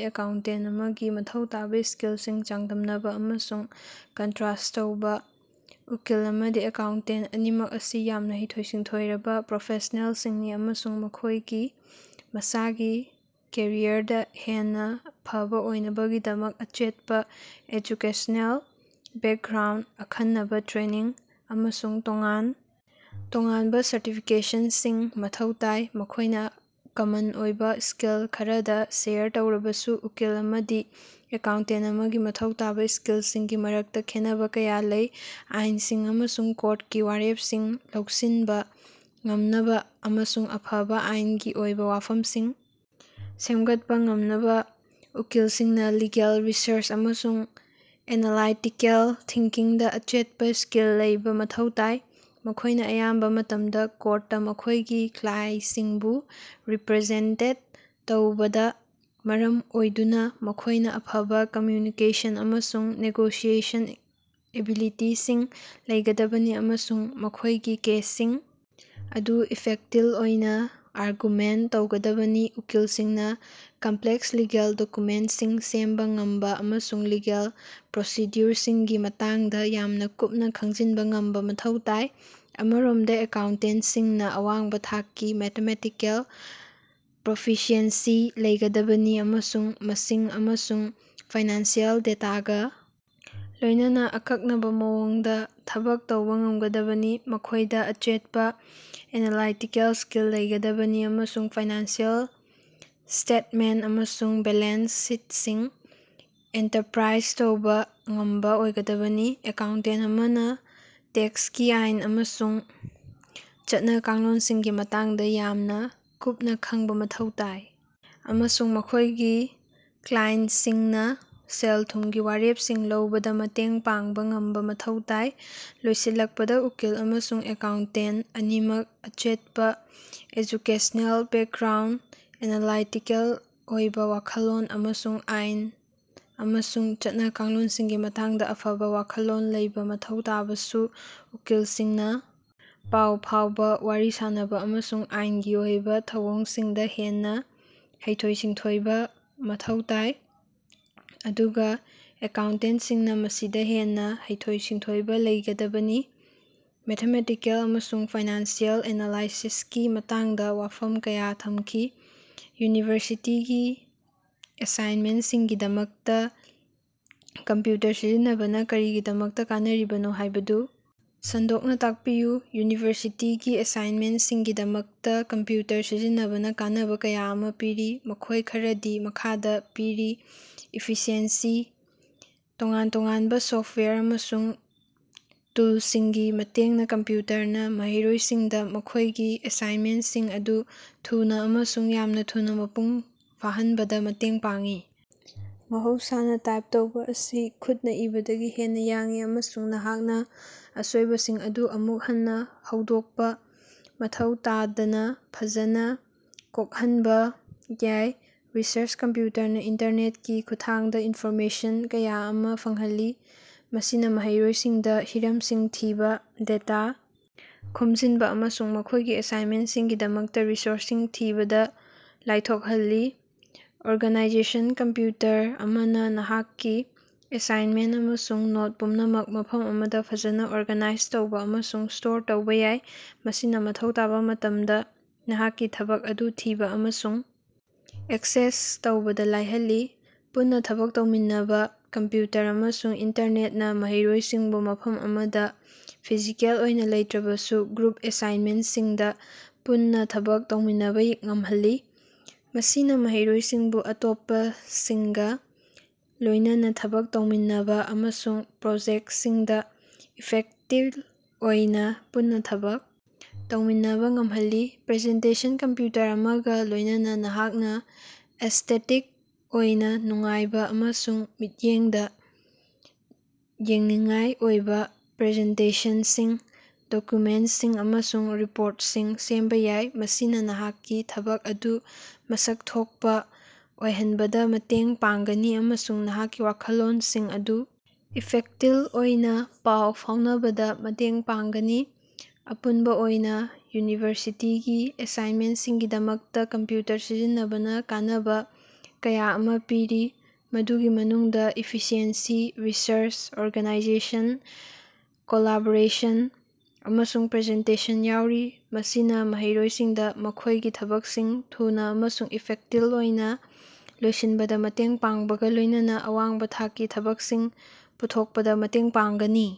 ꯎꯀꯤꯜ ꯑꯃꯥꯗꯤ ꯑꯦꯀꯥꯎꯟꯇꯦꯟꯇ ꯑꯃꯥꯒꯤ ꯃꯊꯧ ꯇꯥꯕ ꯁ꯭ꯀꯤꯜꯁꯤꯡ ꯆꯥꯡꯗꯝꯅꯕ ꯑꯃꯁꯨꯡ ꯀꯟꯠꯔꯁ꯭ꯠ ꯇꯧꯕ꯫ ꯎꯀꯤꯜ ꯑꯃꯥꯗꯤ ꯑꯦꯀꯥꯎꯟꯇꯦꯟꯇ ꯑꯅꯤꯃꯛ ꯑꯁꯤ ꯌꯥꯝꯅ ꯍꯩꯊꯣꯏ-ꯁꯤꯡꯊꯣꯏꯔꯕ ꯄ꯭ꯔꯣꯐꯦꯁ꯭ꯅꯦꯜꯁꯤꯡꯅꯤ ꯑꯃꯁꯨꯡ ꯃꯈꯣꯏꯒꯤ ꯃꯁꯥꯒꯤ ꯀꯦꯔꯤꯌꯔꯗ ꯍꯦꯟꯅꯥ ꯐꯕꯥ ꯑꯣꯏꯅꯕꯒꯤꯗꯃꯛ ꯑꯆꯦꯠꯄꯥ ꯑꯦꯖꯨꯀꯦꯁꯅꯦꯜ ꯕꯦꯀꯒ꯭ꯔꯥꯎꯟꯗ, ꯑꯈꯟꯅꯕꯥ ꯇ꯭ꯔꯦꯅꯤꯡ, ꯑꯃꯁꯨꯡ ꯇꯣꯉꯥꯟ ꯇꯣꯉꯥꯟꯕ ꯁꯔꯇꯤꯐꯤꯀꯦꯁꯟꯁꯤꯡ ꯃꯊꯧ ꯇꯥꯏ꯫ ꯃꯈꯣꯏꯅ ꯀꯃꯟ ꯑꯣꯏꯕ ꯁ꯭ꯀꯤꯜ ꯈꯔꯗꯥ ꯁꯦꯌꯔ ꯇꯧꯔꯕꯁꯨ, ꯎꯀꯤꯜ ꯑꯃꯥꯗꯤ ꯑꯦꯀꯥꯎꯟꯇꯦꯟꯇ ꯑꯃꯥꯒꯤ ꯃꯊꯧ ꯇꯥꯕ ꯁ꯭ꯀꯤꯜꯁꯤꯡꯒꯤ ꯃꯔꯛꯇꯥ ꯈꯦꯠꯅꯕꯥ ꯀꯌꯥ ꯂꯩ꯫ ꯑꯥꯏꯅꯁꯤꯡ ꯑꯃꯁꯨꯡ ꯀꯣꯔꯇꯀꯤ ꯋꯥꯔꯦꯞꯁꯤꯡ ꯂꯧꯁꯤꯟꯕ ꯉꯝꯅꯕ, ꯑꯃꯁꯨꯡ ꯑꯐꯕ ꯑꯥꯏꯅꯒꯤ ꯑꯣꯏꯕ ꯋꯥꯐꯝꯁꯤꯡ ꯁꯦꯝꯒꯠꯄꯥ ꯉꯝꯅꯕ ꯎꯀꯤꯜꯁꯤꯡꯅꯥ ꯂꯤꯒꯦꯜ ꯔꯤꯁꯔꯆ ꯑꯃꯁꯨꯡ ꯑꯦꯅꯥꯂꯥꯏꯇꯤꯀꯦꯜ ꯊꯤꯡꯀꯤꯡꯗꯥ ꯑꯆꯦꯠꯄꯥ ꯁ꯭ꯀꯤꯜ ꯂꯩꯕ ꯃꯊꯧ ꯇꯥꯏ꯫ ꯃꯈꯣꯏꯅ ꯑꯌꯥꯝꯕ ꯃꯇꯝꯗꯥ ꯀꯣꯔꯠꯇꯥ ꯃꯈꯣꯏꯒꯤ ꯀ꯭ꯂꯥꯏꯁꯤꯡꯕꯨ ꯔꯤꯞꯔꯖꯦꯟꯇꯦꯠ ꯇꯧꯕꯅ ꯃꯔꯝ ꯑꯣꯏꯗꯨꯅ ꯃꯈꯣꯏꯅ ꯑꯐꯕ ꯀꯝꯝꯌꯨꯅꯤꯀꯦꯁꯟ ꯑꯃꯁꯨꯡ ꯅꯦꯒꯣꯁꯤꯑꯦꯁꯟ ꯑꯦꯕꯤꯂꯤꯇꯤꯁꯤꯡ ꯂꯩꯒꯗꯕꯅꯤ ꯑꯃꯁꯨꯡ ꯃꯈꯣꯏꯒꯤ ꯀꯦꯁꯁꯤꯡ ꯑꯗꯨ ꯏꯐꯦꯛꯇꯤꯜ ꯑꯣꯏꯅ ꯑꯥꯔꯒꯨꯃꯦꯟꯇ ꯇꯧꯒꯗꯕꯅꯤ꯫ ꯎꯀꯤꯜꯁꯤꯡꯅ ꯀꯝꯞꯂꯦꯛꯁ ꯂꯤꯒꯦꯜ ꯗꯣꯛꯌꯨꯃꯦꯟꯠꯁꯤꯡ ꯁꯦꯝꯕ ꯉꯝꯕ ꯑꯃꯁꯨꯡ ꯂꯤꯒꯦꯜ ꯄ꯭ꯔꯣꯁꯤꯗ꯭ꯌꯨꯑꯣꯔꯁꯤꯡꯒꯤ ꯃꯇꯥꯡꯗ ꯌꯥꯝꯅ ꯀꯨꯞꯅꯥ ꯈꯪꯖꯤꯟꯕ ꯉꯝꯕ ꯃꯊꯧ ꯇꯥꯏ꯫ ꯑꯃꯔꯣꯝꯗꯥ ꯑꯦꯀꯥꯎꯟꯇꯦꯟꯇꯁꯤꯡꯅꯥ ꯑꯋꯥꯡꯕ ꯊꯥꯛꯀꯤ ꯃꯦꯊꯃꯦꯇꯤꯀꯦꯜ ꯄ꯭ꯔꯣꯐꯤꯁꯤꯑꯦꯟꯁꯤ ꯂꯩꯒꯗꯕꯅꯤ ꯑꯃꯁꯨꯡ ꯃꯁꯤꯡ ꯑꯃꯁꯨꯡ ꯐꯥꯏꯅꯥꯟꯁꯤꯑꯦꯜ ꯗꯦꯇꯥꯒꯥ ꯂꯣꯏꯅꯅꯥ ꯑꯀꯛꯅꯕ ꯃꯑꯣꯡꯗ ꯊꯕꯛ ꯇꯧꯕꯥ ꯉꯝꯒꯗꯕꯅꯤ꯫ ꯃꯈꯣꯏꯗ ꯑꯆꯦꯠꯄꯥ ꯑꯦꯅꯥꯂꯥꯏꯇꯤꯀꯦꯜ ꯁ꯭ꯀꯤꯜ ꯂꯩꯒꯗꯕꯅꯤ ꯑꯃꯁꯨꯡ ꯐꯥꯏꯅꯥꯟꯁꯤꯑꯦꯜ ꯁ꯭ꯇꯦꯇꯃꯦꯟꯇ ꯑꯃꯁꯨꯡ ꯕꯦꯂꯦꯟꯁ ꯁꯤꯠꯁꯤꯡ ꯏꯟꯇꯔꯞꯔꯥꯏꯖ ꯇꯧꯕ ꯉꯝꯕꯥ ꯑꯣꯏꯒꯗꯕꯅꯤ꯫ ꯑꯦꯀꯥꯎꯟꯇꯦꯟꯇ ꯑꯃꯅꯥ ꯇꯦꯛꯁꯀꯤ ꯑꯥꯏꯟ ꯑꯃꯁꯨꯡ ꯆꯠꯅ-ꯀꯥꯡꯂꯣꯟꯁꯤꯡꯒꯤ ꯃꯇꯥꯡꯗ ꯌꯥꯝꯅ ꯀꯨꯞꯅ ꯈꯪꯕꯥ ꯃꯊꯧ ꯇꯥꯏ, ꯑꯃꯁꯨꯡ ꯃꯈꯣꯏꯒꯤ ꯀ꯭ꯂꯥꯏꯟꯇꯁꯤꯡꯅꯥ ꯁꯦꯜ-ꯊꯨꯝꯒꯤ ꯋꯥꯔꯦꯞꯁꯤꯡ ꯂꯧꯕꯗꯥ ꯃꯇꯦꯡ ꯄꯥꯡꯕ ꯉꯝꯕ ꯃꯊꯧ ꯇꯥꯏ꯫ ꯂꯣꯏꯁꯤꯜꯂꯛꯄꯗꯥ, ꯎꯀꯤꯜ ꯑꯃꯁꯨꯡ ꯑꯦꯀꯥꯎꯟꯇꯦꯟꯇ ꯑꯅꯤꯃꯛꯅ ꯑꯆꯦꯠꯄꯥ ꯑꯦꯖꯨꯀꯦꯁꯅꯦꯜ ꯕꯦꯀꯒ꯭ꯔꯥꯎꯟꯗ, ꯑꯦꯅꯥꯂꯥꯏꯇꯤꯀꯦꯜ ꯑꯣꯏꯕꯥ ꯋꯥꯈꯜꯂꯣꯟ, ꯑꯃꯁꯨꯡ ꯑꯥꯏꯟ ꯑꯃꯁꯨꯡ ꯆꯠꯅ-ꯀꯥꯡꯂꯣꯟꯁꯤꯡꯒꯤ ꯃꯇꯥꯡꯗ ꯑꯐꯕ ꯋꯥꯈꯜꯂꯣꯟ ꯂꯩꯕ ꯃꯊꯧ ꯇꯥꯕꯁꯨ, ꯎꯀꯤꯜꯁꯤꯡꯅꯥ ꯄꯥꯎ ꯐꯥꯎꯕꯥ, ꯋꯥꯔꯤ ꯁꯥꯅꯕꯥ, ꯑꯃꯁꯨꯡ ꯑꯥꯏꯅꯒꯤ ꯑꯣꯏꯕ ꯊꯧꯑꯣꯡꯁꯤꯡꯗꯥ ꯍꯦꯟꯅꯥ ꯍꯩꯊꯣꯏ-ꯁꯤꯡꯊꯣꯏꯕ ꯃꯊꯧ ꯇꯥꯏ, ꯑꯗꯨꯒꯥ ꯑꯦꯀꯥꯎꯟꯇꯦꯟꯇꯁꯤꯡꯅꯥ ꯃꯁꯤꯗꯥ ꯍꯦꯟꯅꯥ ꯍꯩꯊꯣꯏ-ꯁꯤꯡꯊꯣꯏꯕ ꯂꯩꯒꯗꯕꯅꯤ꯫ ꯃꯦꯊꯃꯦꯇꯤꯛꯁ ꯑꯃꯁꯨꯡ ꯐꯥꯏꯅꯥꯟꯁꯤꯑꯦꯜ ꯑꯦꯅꯥꯂꯥꯏꯁꯤꯁꯀꯤ ꯃꯇꯥꯡꯗ ꯋꯥꯐꯝ ꯀꯌꯥ ꯊꯝꯈꯤ꯫ ꯌꯨꯅꯤꯚꯔꯁꯤꯇꯤꯒꯤ ꯑꯦꯁꯥꯏꯅꯃꯦꯟꯠꯁꯤꯡꯒꯤꯗꯃꯛꯇꯥ ꯀꯝꯞꯌꯨꯇꯔ ꯁꯤꯖꯤꯟꯅꯕꯅ ꯀꯔꯤꯒꯤꯗꯃꯛꯇꯥ ꯀꯥꯟꯅꯔꯤꯕꯅꯣ ꯍꯥꯏꯕꯗꯨ ꯁꯟꯗꯣꯛꯅꯥ ꯇꯥꯛꯄꯤꯌꯨ꯫ ꯌꯨꯅꯤꯚꯔꯁꯤꯇꯤꯒꯤ ꯑꯦꯁꯥꯏꯅꯃꯦꯟꯠꯁꯤꯡꯒꯤꯗꯃꯛꯇꯥ ꯀꯝꯞꯌꯨꯇꯔ ꯁꯤꯖꯤꯟꯅꯕꯅ ꯀꯥꯟꯅꯕ ꯀꯌꯥ ꯑꯃꯥ ꯄꯤꯔꯤ꯫ ꯃꯈꯣꯏ ꯈꯔꯗꯤ ꯃꯈꯥꯗꯥ ꯄꯤꯔꯤ ꯏꯐꯤꯁꯤꯑꯦꯟꯁꯤ ꯇꯣꯉꯥꯟ-ꯇꯣꯉꯥꯟꯕ ꯁꯣꯐꯇꯋꯥꯌꯔ ꯑꯃꯁꯨꯡ ꯇꯨꯂꯁꯤꯡꯒꯤ ꯃꯇꯦꯡꯅꯥ ꯀꯝꯞꯌꯨꯇꯔꯅꯥ ꯃꯍꯩꯔꯣꯏꯁꯤꯡꯗꯥ ꯃꯈꯣꯏꯒꯤ ꯑꯦꯁꯥꯏꯅꯃꯦꯟꯠꯁꯤꯡ ꯑꯗꯨ ꯊꯨꯅꯥ ꯑꯃꯁꯨꯡ ꯌꯥꯝꯅ ꯊꯨꯅꯥ ꯃꯄꯨꯡ ꯐꯥꯍꯟꯕꯗ ꯃꯇꯦꯡ ꯄꯥꯡꯏ꯫ ꯃꯍꯧꯁꯥꯅꯥ ꯇꯥꯏꯞ ꯇꯧꯕ ꯑꯁꯤ ꯈꯨꯠꯅꯥ ꯏꯕꯗꯒꯤ ꯍꯦꯟꯅꯥ ꯌꯥꯡꯏ, ꯑꯃꯁꯨꯡ ꯅꯍꯥꯛꯅꯥ ꯑꯁꯣꯏꯕꯁꯤꯡ ꯑꯗꯨ ꯑꯃꯨꯛ ꯍꯟꯅꯥ ꯍꯧꯗꯣꯛꯄꯥ ꯃꯊꯧ ꯇꯥꯗꯅ ꯐꯖꯅ ꯀꯣꯛꯍꯟꯕ ꯌꯥꯏ꯫ ꯔꯤꯁꯔꯆ ꯀꯝꯞꯌꯨꯇꯔꯅꯥ ꯏꯟꯇꯔꯅꯦꯇꯀꯤ ꯈꯨꯠꯊꯥꯡꯗ ꯏꯟꯐꯣꯔꯃꯦꯁꯟ ꯀꯌꯥ ꯑꯃꯥ ꯐꯪꯍꯜꯂꯤ꯫ ꯃꯁꯤꯅꯥ ꯃꯍꯩꯔꯣꯏꯁꯤꯡꯗꯥ ꯍꯤꯔꯝꯁꯤꯡ ꯊꯤꯕ, ꯗꯦꯇꯥ ꯈꯣꯝꯖꯤꯟꯕ ꯑꯃꯁꯨꯡ ꯃꯈꯣꯏꯒꯤ ꯑꯦꯁꯥꯏꯅꯃꯦꯟꯠꯁꯤꯡꯒꯤꯗꯃꯛꯇꯥ ꯔꯤꯁꯣꯔꯁꯁꯤꯡ ꯊꯤꯕꯗ ꯂꯥꯏꯊꯣꯛꯍꯜꯂꯤ꯫ ꯑꯣꯔꯒꯥꯅꯥꯏꯖꯦꯁꯟ ꯀꯝꯞꯌꯨꯇꯔ ꯑꯃꯅꯥ ꯅꯍꯥꯛꯀꯤ ꯑꯦꯁꯥꯏꯅꯃꯦꯟꯠ ꯑꯃꯁꯨꯡ ꯅꯣꯠ ꯄꯨꯝꯅꯃꯛ ꯃꯐꯝ ꯑꯃꯗ ꯐꯖꯅ ꯑꯣꯔꯒꯥꯅꯥꯏꯖ ꯇꯧꯕ ꯑꯃꯁꯨꯡ ꯁ꯭ꯇꯣꯔ ꯇꯧꯕ ꯌꯥꯏ꯫ ꯃꯁꯤꯅ ꯃꯊꯧ ꯇꯥꯕ ꯃꯇꯝꯗ ꯅꯍꯥꯛꯀꯤ ꯊꯕꯛ ꯑꯗꯨ ꯊꯤꯕ ꯑꯃꯁꯨꯡ ꯑꯦꯛꯁꯦꯁ ꯇꯧꯕꯗ ꯂꯥꯏꯍꯜꯂꯤ꯫ ꯄꯨꯟꯅꯥ ꯊꯕꯛ ꯇꯧꯃꯤꯟꯅꯕꯥ ꯀꯝꯞꯌꯨꯇꯔ ꯑꯃꯁꯨꯡ ꯏꯟꯇꯔꯅꯦꯇꯅꯥ ꯃꯍꯩꯔꯣꯏꯁꯤꯡꯕꯨ ꯃꯐꯝ ꯑꯃꯗ ꯐꯤꯖꯤꯀꯦꯜ ꯑꯣꯏꯅ ꯂꯩꯇ꯭ꯔꯕꯁꯨ ꯒ꯭ꯔꯨꯞ ꯑꯦꯁꯥꯏꯅꯃꯦꯟꯠꯁꯤꯡꯗ ꯄꯨꯟꯅ ꯊꯕꯛ ꯇꯧꯃꯤꯟꯅꯕ ꯉꯝꯍꯜꯂꯤ꯫ ꯃꯁꯤꯅ ꯃꯍꯩꯔꯣꯏꯁꯤꯡꯕꯨ ꯑꯇꯣꯞꯄꯁꯤꯡꯒ ꯂꯣꯏꯅꯅꯥ ꯊꯕꯛ ꯇꯧꯃꯤꯟꯅꯕ ꯑꯃꯁꯨꯡ ꯄ꯭ꯔꯣꯖꯦꯛꯇꯁꯤꯡꯗꯥ ꯏꯐꯦꯛꯇꯤꯜ ꯑꯣꯏꯅ ꯄꯨꯟꯅꯥ ꯊꯕꯛ ꯇꯧꯃꯤꯟꯅꯕ ꯉꯝꯍꯜꯂꯤ꯫ ꯄ꯭ꯔꯖꯦꯟꯇꯦꯁꯟ ꯀꯝꯞꯌꯨꯇꯔ ꯑꯃꯒꯥ ꯂꯣꯏꯅꯅꯥ ꯅꯍꯥꯛꯅꯥ ꯑꯦꯁ꯭ꯇꯦꯇꯤꯛ ꯑꯣꯏꯅ ꯅꯨꯡꯉꯥꯏꯕ ꯑꯃꯁꯨꯡ ꯃꯤꯠꯌꯦꯡꯗꯥ ꯌꯦꯡꯅꯤꯡꯉꯥꯏ ꯑꯣꯏꯕ ꯄ꯭ꯔꯖꯦꯟꯇꯦꯁꯟꯁꯤꯡ, ꯗꯣꯛꯌꯨꯃꯦꯟꯠꯁꯤꯡ ꯑꯃꯁꯨꯡ ꯔꯤꯄꯣꯔꯇꯁꯤꯡ ꯁꯦꯝꯕ ꯌꯥꯏ꯫ ꯃꯁꯤꯅꯥ ꯅꯍꯥꯛꯀꯤ ꯊꯕꯛ ꯑꯗꯨ ꯃꯁꯛ ꯊꯣꯛꯄꯥ ꯑꯣꯏꯍꯟꯕꯗ ꯃꯇꯦꯡ ꯄꯥꯡꯒꯅꯤ ꯑꯃꯁꯨꯡ ꯅꯍꯥꯛꯀꯤ ꯋꯥꯈꯜꯂꯣꯟꯁꯤꯡ ꯑꯗꯨ ꯏꯐꯦꯛꯇꯤꯜ ꯑꯣꯏꯅ ꯄꯥꯎ ꯐꯥꯎꯅꯕꯗꯥ ꯃꯇꯦꯡ ꯄꯥꯡꯒꯅꯤ꯫ ꯑꯄꯨꯟꯕ ꯑꯣꯏꯅ, ꯌꯨꯅꯤꯚꯔꯁꯤꯇꯤꯒꯤ ꯑꯦꯁꯥꯏꯅꯃꯦꯟꯠꯁꯤꯡꯒꯤꯗꯃꯛꯇꯥ ꯀꯝꯞꯌꯨꯇꯔ ꯁꯤꯖꯤꯟꯅꯕꯅ ꯀꯥꯟꯅꯕ ꯀꯌꯥ ꯑꯃꯥ ꯄꯤꯔꯤ, ꯃꯗꯨꯒꯤ ꯃꯅꯨꯡꯗꯥ ꯏꯐꯤꯁꯤꯑꯦꯟꯁꯤ, ꯔꯤꯁꯔꯆ, ꯑꯣꯔꯒꯅꯥꯏꯖꯦꯁꯟ, ꯀꯣꯂꯥꯕꯣꯔꯦꯁꯟ, ꯑꯃꯁꯨꯡ ꯄ꯭ꯔꯖꯦꯟꯇꯦꯁꯟ ꯌꯥꯎꯔꯤ꯫ ꯃꯁꯤꯅꯥ ꯃꯍꯩꯔꯣꯏꯁꯤꯡꯗ ꯃꯈꯣꯏꯒꯤ ꯊꯕꯛꯁꯤꯡ ꯊꯨꯅꯥ ꯑꯃꯁꯨꯡ ꯏꯐꯦꯛꯇꯤꯜ ꯑꯣꯏꯅ ꯂꯣꯏꯁꯤꯟꯕꯗ ꯃꯇꯦꯡ ꯄꯥꯡꯕꯒ ꯂꯣꯏꯅꯅꯥ ꯑꯋꯥꯡꯕ ꯊꯥꯛꯀꯤ ꯊꯕꯛꯁꯤꯡ ꯄꯨꯊꯣꯛꯄꯗꯁꯨ ꯃꯇꯦꯡ ꯄꯥꯡꯒꯅꯤ꯫।